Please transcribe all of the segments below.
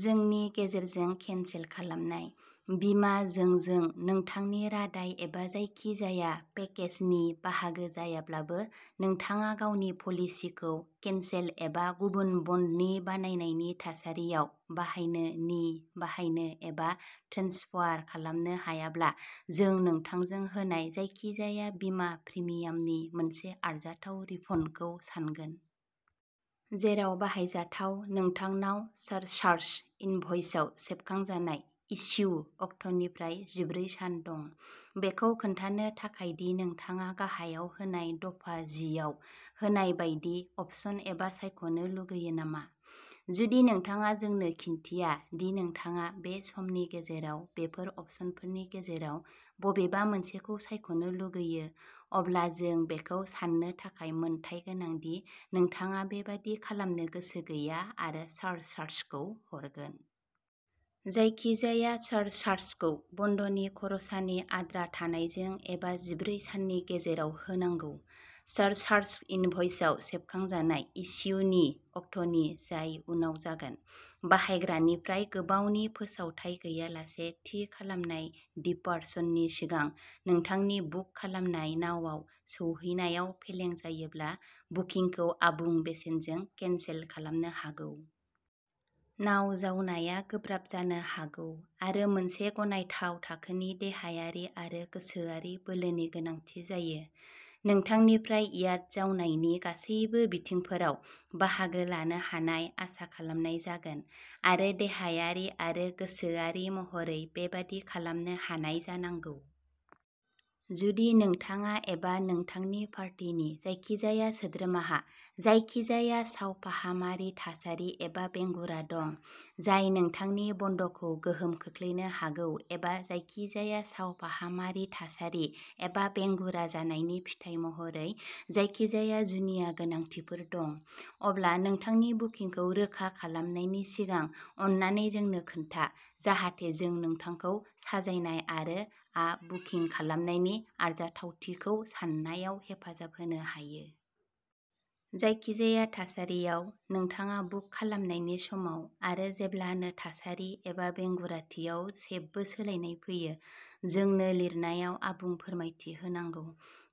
जोंनि गेजेरजों केनसेल खालामनाय। "बीमा जोंजों नोंथांनि रादाय एबा जायखिजाया" पेकेज "नि बाहागो जायाब्लाबो, नोंथाङा गावनि पलिसिखौ केनसेल एबा गुबुन बन्दनि बायनायनि थासारियाव बाहायनो नि बाहायनो एबा ट्रेन्सफार खालामनो हायाब्ला जों नोंथांजों होनाय जायखिजाया बीमा प्रिमियामनि मोनसे आरजाथाव रिफन्डखौ सानगोन। जेराव बाहायजाथाव, नोंथांनाव सारचार्ज इनभ'इसआव सेबखांजानाय इस्यू अक्टनिफ्राय जिब्रै सान दं, बेखौ खोन्थानो थाखाय दि नोंथाङा गाहायाव होनाय दफा जि आव होनाय बायदि अपसन एबा सायख'नो लुगैयो नामा। जुदि नोंथाङा जोंनो खिन्थिया दि नोंथाङा बे समनि गेजेराव बेफोर अपसनफोरनि गेजेराव बबेबा मोनसेखौ सायख'नो लुगैयो, अब्ला जों बेखौ सान्नो थाखाय मोनथाय गोनां दि नोंथाङा बेबादि खालामनो गोसो गैया आरो सारचार्जखौ हरगोन। जायखिजाया सारचार्जखौ बन्दनि खरसानि आद्रा थानायजों एबा जिब्रै साननि गेजेराव होनांगौ। सारचार्ज इनभ'इसआव सेबखांजानाय इस्यूनि अक्ट'नि, जाय उनाव जागोन। बाहायग्रानिफ्राय गोबावनि फोसावथाइ गैयालासे थि खालामनाय दिपार्चननि सिगां नोंथांनि बुक खालामनाय नावआव सौहैनायाव फेलें जायोब्ला बुकिंखौ आबुं बेसेनजों केनसेल खालामनो हागौ। नाव जावनाया गोब्राब जानो हागौ आरो मोनसे गनायथाव थाखोनि देहायारि आरो गोसोआरि बोलोनि गोनांथि जायो। नोंथांनिफ्राय याट जावनायनि गासैबो बिथिंफोराव बाहागो लानो हानाय आसा खालामनाय जागोन, आरो देहायारि आरो गोसोआरि महरै बेबादि खालामनो हानाय जानांगौ। जुदि नोंथाङा एबा नोंथांनि पार्टीनि जायखिजाया सोद्रोमाहा जायखिजाया सावफाहामारि थासारि एबा बेंगुरा दं जाय नोंथांनि बन्द'खौ गोहोम खोख्लैनो हागौ एबा जायखिजाया सावफाहामारि थासारि एबा बेंगुरा जानायनि फिथाय महरै जायखिजाया जुनिया गोनांथिफोर दं, अब्ला नोंथांनि बुकिंखौ रोखा खालामनायनि सिगां अन्नानै जोंनो खोन्था जाहाथे जों नोंथांखौ साजायनाय आरो आ बुकिं खालामनायनि आरजाथावथिखौ सान्नायाव हेफाजाब होनो हायो। जायखिजाया थासारियाव, नोंथाङा बुक खालामनायनि समाव आरो जेब्लानो थासारि एबा बेंगुराथियाव जेबो सोलायनाय फैयो, जोंनो लिरनायाव आबुं फोरमायथि होनांगौ।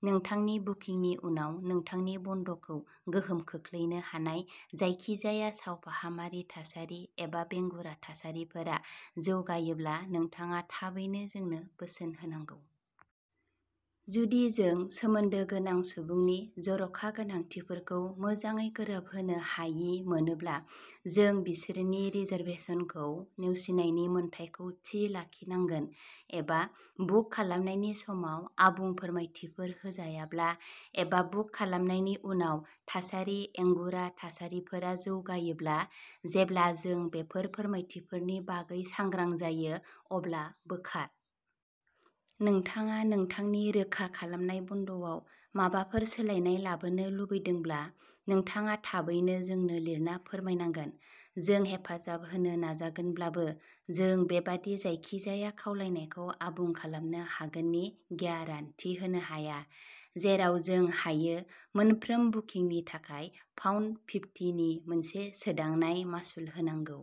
नोंथांनि बुकिंनि उनाव नोंथांनि बन्द'खौ गोहोम खोख्लैनो हानाय जायखिजाया सावफाहामारि थासारि एबा बेंगुरा थासारिफोरा जौगायोब्ला नोंथाङा थाबैनो जोंनो बोसोन होनांगौ। जुदि जों सोमोन्दो गोनां सुबुंनि जर'खा गोनांथिफोरखौ मोजाङै गोरोबहोनो हायि मोनोब्ला, जों बिसोरनि रिजार्भेसनखौ नेवसिनायनि मोन्थाइखौ थि लाखिनांगोन एबा, बुक खालामनायनि समाव आबुं फोरमायथिफोर होजायाब्ला एबा बुक खालामनायनि उनाव थासारि ऐंगुरा थासारिफोरा जौगायोब्ला, जेब्ला जों बेफोर फोरमायथिफोरनि बागै सांग्रां जायो, अब्ला बोखार। नोंथाङा नोंथांनि रोखा खालामनाय बन्द'आव माबाफोर सोलायनाय लाबोनो लुबैदोंब्ला, नोंथाङा थाबैनो जोंनो लिरना फोरमायनांगोन। जों हेफाजाब होनो नाजागोनब्लाबो, जों बेबादि जायखिजाया खावलायनायखौ आबुं खालामनो हागोननि ग्यारान्टि होनो हाया। जेराव जों हायो, मोनफ्रोम बुकिंनि थाखाय पावन फेबथि नि मोनसे सोदांनाय मासुल होनांगौ।